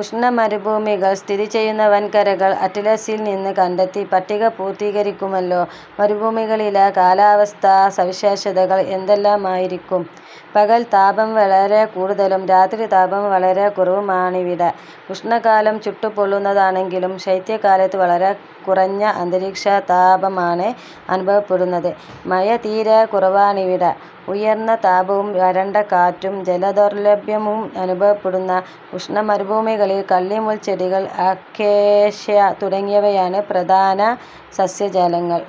ഉഷ്ണമരുഭൂമികൾ സ്ഥിതി ചെയ്യുന്ന വൻകരകൾ അറ്റ്ലസിൽ നിന്ന് കണ്ടെത്തി പട്ടിക പൂർത്തീകരിക്കുമല്ലോ. മരുഭൂമികളിലെ കാലാവസ്ഥാ സവിശേഷതകൾ എന്തെല്ലാമായിരിക്കും? പകൽ താപം വളരെ കൂടുതലും രാത്രി താപം വളരെ കുറവുമാണിവിടെ. ഉഷ്ണകാലം ചുട്ടുപൊള്ളുന്നതാണെങ്കിലും ശൈത്യകാലത്ത് വളരെ കുറഞ്ഞ അന്തരീക്ഷതാപമാണ് അനുഭവപ്പെടുന്നത്. മഴ തീരെ കുറവാണിവിടെ. ഉയർന്ന താപവും വരണ്ട കാറ്റും ജല ദൗർലഭ്യവും അനുഭവപ്പെടുന്ന ഉഷ്ണ മരുഭൂമികളിൽ കള്ളിമുൾച്ചെടികൾ, അക്കേഷ്യ, തുടങ്ങിയവയാണ് പ്രധാന സസ്യജാലങ്ങൾ.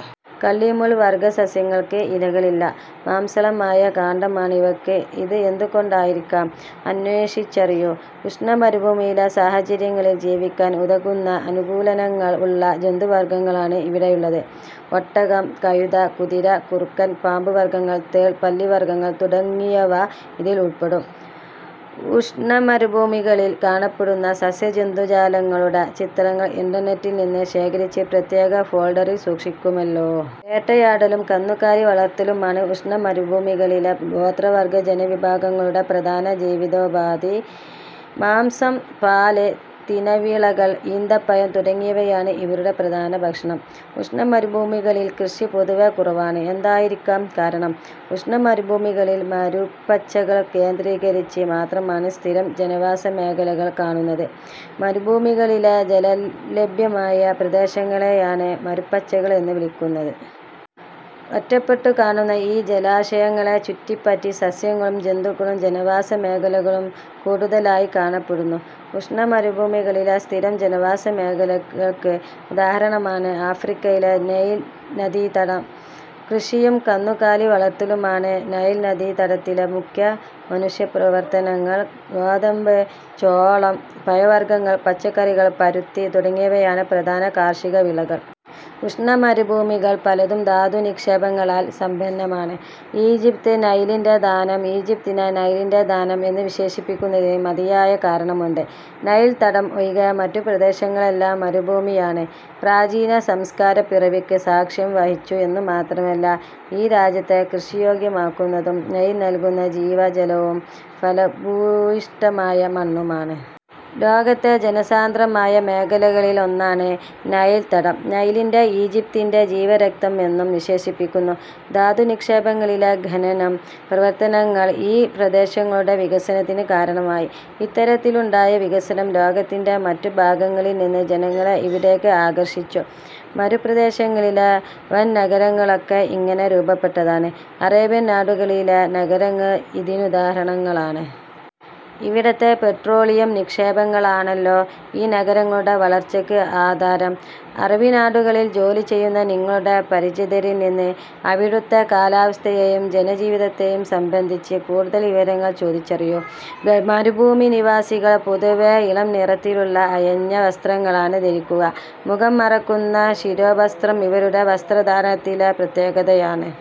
കള്ളിമുൾവർഗ്ഗ സസ്യങ്ങൾക്ക് ഇലകളില്ല. മാംസളമായ കാണ്ഡമാണിവയ്ക്ക്. ഇത് എന്തുകൊണ്ടായിരിക്കാം? അന്വേഷിച്ചറിയൂ. ഉഷ്ണ മരുഭൂമിയിലെ സാഹചര്യങ്ങളിൽ ജീവിക്കാൻ ഉതകുന്ന അനുകൂലനങ്ങൾ ഉള്ള ജന്തുവർഗ്ഗങ്ങളാണ് ഇവിടെയുള്ളത്. ഒട്ടകം, കഴുത, കുതിര, കുറുക്കൻ, പാമ്പു വർഗ്ഗങ്ങൾ, തേൾ, പല്ലിവർഗ്ഗങ്ങൾ തുടങ്ങിയവ ഇതിൽ ഉൾപ്പെടും. ഉഷ്ണമരുഭൂമികളിൽ കാണപ്പെടുന്ന സസ്യജന്തുജാലങ്ങളുടെ ചിത്രങ്ങൾ ഇന്റർനെറ്റിൽ നിന്ന് ശേഖരിച്ച് പ്രത്യേക ഫോൾഡറിൽ സൂക്ഷിക്കുമല്ലോ. വേട്ടയാടലും കന്നുകാലി വളർത്തലുമാണ് ഉഷ്ണ മരുഭൂമികളിലെ ഗോത്രവർഗ്ഗജനവിഭാഗങ്ങളുടെ പ്രധാന ജീവിതോപാധി. മാംസം, പാൽ, തിനവിളകൾ, ഈന്തപ്പഴം തുടങ്ങിയവയാണ് ഇവരുടെ പ്രധാന ഭക്ഷണം. ഉഷ്ണമരുഭൂമികളിൽ കൃഷി പൊതുവെ കുറവാണ്. എന്തായിരിക്കാം കാരണം? ഉഷ്ണമരുഭൂമികളിൽ മരുപ്പച്ചകൾ കേന്ദ്രീകരിച്ച് മാത്രമാണ് സ്ഥിരം ജനവാസമേഖലകൾ കാണുന്നത്. മരുഭൂമികളിലെ ജലലഭ്യമായ പ്രദേശങ്ങളെയാണ് മരുപ്പച്ചകൾ എന്നു വിളിക്കുന്നത്. ഒറ്റപ്പെട്ടു കാണുന്ന ഈ ജലാശയങ്ങളെ ചുറ്റിപ്പറ്റി സസ്യങ്ങളും ജന്തുക്കളും ജനവാസമേഖലകളും കൂടുതലായി കാണപ്പെടുന്നു. ഉഷ്ണ മരുഭൂമികളിലെ സ്ഥിരം ജനവാസമേഖലകൾക്ക് ഉദാഹരണമാണ് ആഫ്രിക്കയിലെ നൈൽ നദീതടം. കൃഷിയും കന്നുകാലി വളർത്തലുമാണ് നൈൽ നദീതടത്തിലെ മുഖ്യ മനുഷ്യപ്രവർത്തനങ്ങൾ. ഗോതമ്പ്, ചോളം, പഴവർഗ്ഗങ്ങൾ, പച്ചക്കറികൾ, പരുത്തി തുടങ്ങിയവയാണ് പ്രധാന കാർഷികവിളകൾ. ഉഷ്ണ മരുഭൂമികൾ പലതും ധാതുനിക്ഷേപങ്ങളാൽ സമ്പന്നമാണ്. ഈജിപ്ത്: നൈലിന്റെ ദാനം ഈജിപ്തിനെ നൈലിന്റെ ദാനം എന്ന് വിശേഷിപ്പിക്കുന്നതിന് മതിയായ കാരണമുണ്ട്. നൈൽ തടം ഒഴികെ മറ്റു പ്രദേശങ്ങളെല്ലാം മരുഭൂമിയാണ്. പ്രാചീന സംസ്കാരപ്പിറവിക്ക് സാക്ഷ്യം വഹിച്ചു എന്നുമാത്രമല്ല, ഈ രാജ്യത്തെ കൃഷിയോഗ്യമാക്കുന്നതും നൈൽ നൽകുന്ന ജീവജലവും ഫലഭൂയിഷ്ഠമായ മണ്ണുമാണ്. ലോകത്തെ ജനസാന്ദ്രമായ മേഖലകളിൽ ഒന്നാണ് നൈൽ തടം. നൈലിനെ ഈജിപ്തിന്റെ ജീവരക്തം എന്നും വിശേഷിപ്പിക്കുന്നു. ധാതു നിക്ഷേപങ്ങളിലെ ഖനനം പ്രവർത്തനങ്ങൾ ഈ പ്രദേശങ്ങളുടെ വികസനത്തിന് കാരണമായി. ഇത്തരത്തിലുണ്ടായ വികസനം ലോകത്തിന്റെ മറ്റു ഭാഗങ്ങളിൽനിന്ന് ജനങ്ങളെ ഇവിടേക്ക് ആകർഷിച്ചു. മരുപ്രദേശങ്ങളിലെ വൻനഗരങ്ങളൊക്കെ ഇങ്ങനെ രൂപപ്പെട്ടതാണ്. അറേബ്യൻ നാടുകളിലെ നഗരങ്ങൾ ഇതിനുദാഹരണങ്ങളാണ്. ഇവിടത്തെ പെട്രോളിയം നിക്ഷേപങ്ങളാണല്ലോ ഈ നഗരങ്ങളുടെ വളർച്ചയ്ക്ക് ആധാരം. അറബിനാടുകളിൽ ജോലി ചെയ്യുന്ന നിങ്ങളുടെ പരിചിതരിൽ നിന്ന് അവിടുത്തെ കാലാവസ്ഥയെയും ജന ജീവിതത്തെയും സംബന്ധിച്ച് കൂടുതൽ വിവരങ്ങൾ ചോദിച്ചറിയൂ. മരുഭൂമി നിവാസികൾ പൊതുവേ ഇളംനിറത്തിലുള്ള അയഞ്ഞ വസ്ത്രങ്ങളാണ് ധരിക്കുക. മുഖം മറയ്ക്കുന്ന ശിരോവസ്ത്രം ഇവരുടെ വസ്ത്രധാരണത്തിലെ പ്രത്യേകതയാണ്.